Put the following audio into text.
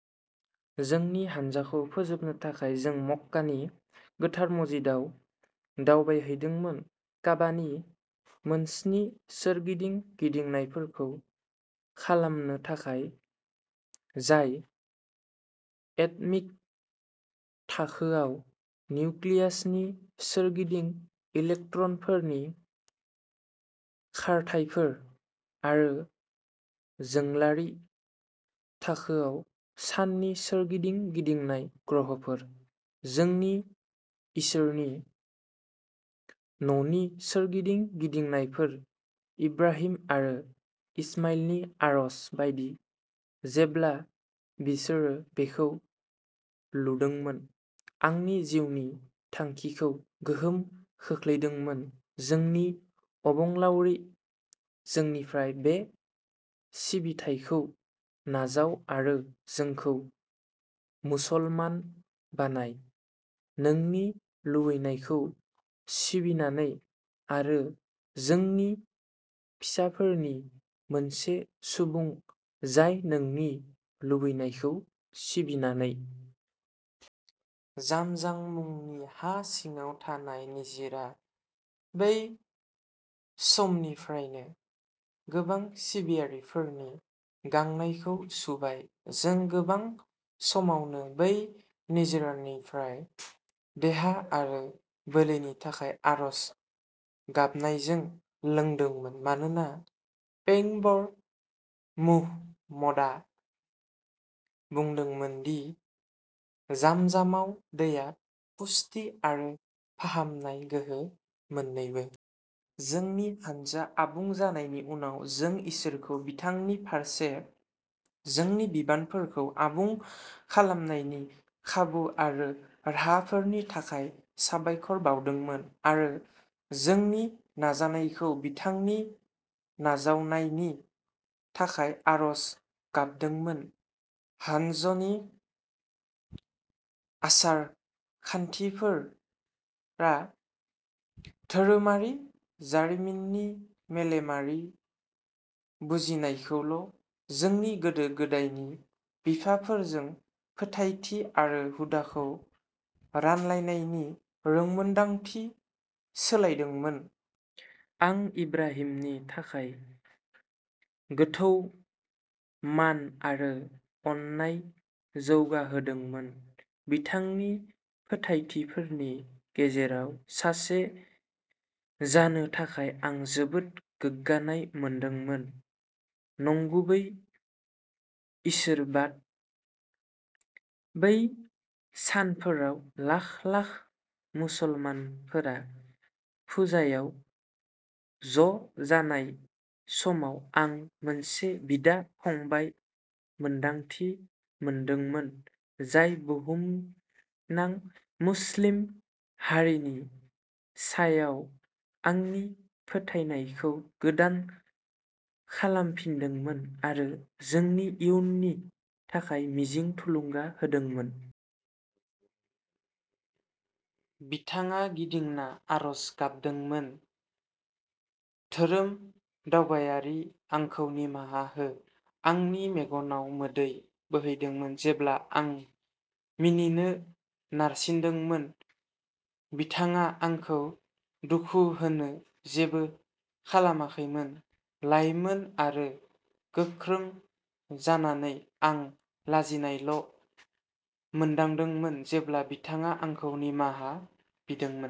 जोंनि हाज्जखौ फोजोबनो थाखाय, जों मक्कानि गोथार मस्जिदाव दावबायहैदोंमोन काबा नि मोनस्नि सोरगिदिं गिदिंनायफोरखौ खालामनो थाखाय, जाय एट'मिक थाखोआव निउक्लियासनि सोरगिदिं इलेक्ट्रनफोरनि खारथाइफोर, आरो जोंलारि थाखोआव साननि सोरगिदिं गिदिंनाय ग्रहफोर। जोंनि इसोरनि न'नि सोरगिदिं गिदिंनायफोर, इब्राहिम आरो इश्माइलनि आरज बायदि जेब्ला बिसोरो बेखौ लुदोंमोन, आंनि जिउनि थांखिखौ गोहोम खोख्लैदोंमोन जोंनि अबंलावरि, जोंनिफ्राय बे सिबिथायखौ नाजाव आरो जोंखौ मुसलमान बानाय, नोंनि लुबैनायखौ सिबिनानै, आरो जोंनि फिसाफोरनि मोनसे सुबुं जाय नोंनि लुबैनायखौ सिबिनानै। जामजाम मुंनि हा सिङाव थानाय निजिरा, बै समनिफ्रायनो गोबां सिबियारिफोरनि गांनायखौ सुबाय। जों गोबां समावनो बै निजोरानिफ्राय देहा आरो बोलोनि थाखाय आरज गाबनायजों लोंदोंमोन, मानोना पैगम्बर मुहम्मदआ बुंदोंमोन दि जामजामाव दैआ पुष्टि आरो फाहामनाय गोहो मोन्नैबो। जोंनि हाज्ज आबुं जानायनि उनाव, जों इसोरखौ बिथांनि फारसे जोंनि बिबानफोरखौ आबुं खालामनायनि खाबु आरो राहाफोरनि थाखाय साबायखर बावदोंमोन आरो जोंनि नाजानायखौ बिथांनि नाजावनायनि थाखाय आरज गाबदोंमोन। हाज्जनि आसार खान्थिफोरा धोरोमारि जारिमिननि मेलेमारि बुजिनायखौल' जोंनि गोदो-गोदायनि बिफाफोरजों फोथायथि आरो हुदाखौ रानलायनायनि रोंमोनदांथिजों सोलायदोंमोन। आं इब्राहिमनि थाखाय गोथौ मान आरो अननाय जौगाहोदोंमोन। बिथांनि फोथायथिफोरनि गेजेराव सासे जानो थाखाय आं जोबोद गोग्गानाय मोनदोंमोन नंगुबै इसोरबाद। बै सानफोराव लाख-लाख मुसलमानफोरा फुजायाव ज'जानाय समाव, आं मोनसे बिदा-फंबाय मोन्दांथि मोनदोंमोन जाय बुहुमनां मुस्लिम हारिनि सायाव आंनि फोथायनायखौ गोदान खालामफिनदोंमोन आरो जोंनि इयुननि थाखाय मिजिं थुलुंगा होदोंमोन। बिथाङा गिदिंना आर'ज गाबदोंमोन, धोरोम दावबायारि, आंखौ निमाहा हो। आंनि मेगनाव मोदै बोहैदोंमोन जेब्ला आं मिनिनो नारसिनदोंमोन। बिथाङा आंखौ दुखु होनो जेबो खालामाखैमोन। लाइमोन आरो गोख्रों जानानै, आं लाजिनायल' मोनदांदोंमोन जेब्ला बिथाङा आंखौ निमाहा बिदोंमोन।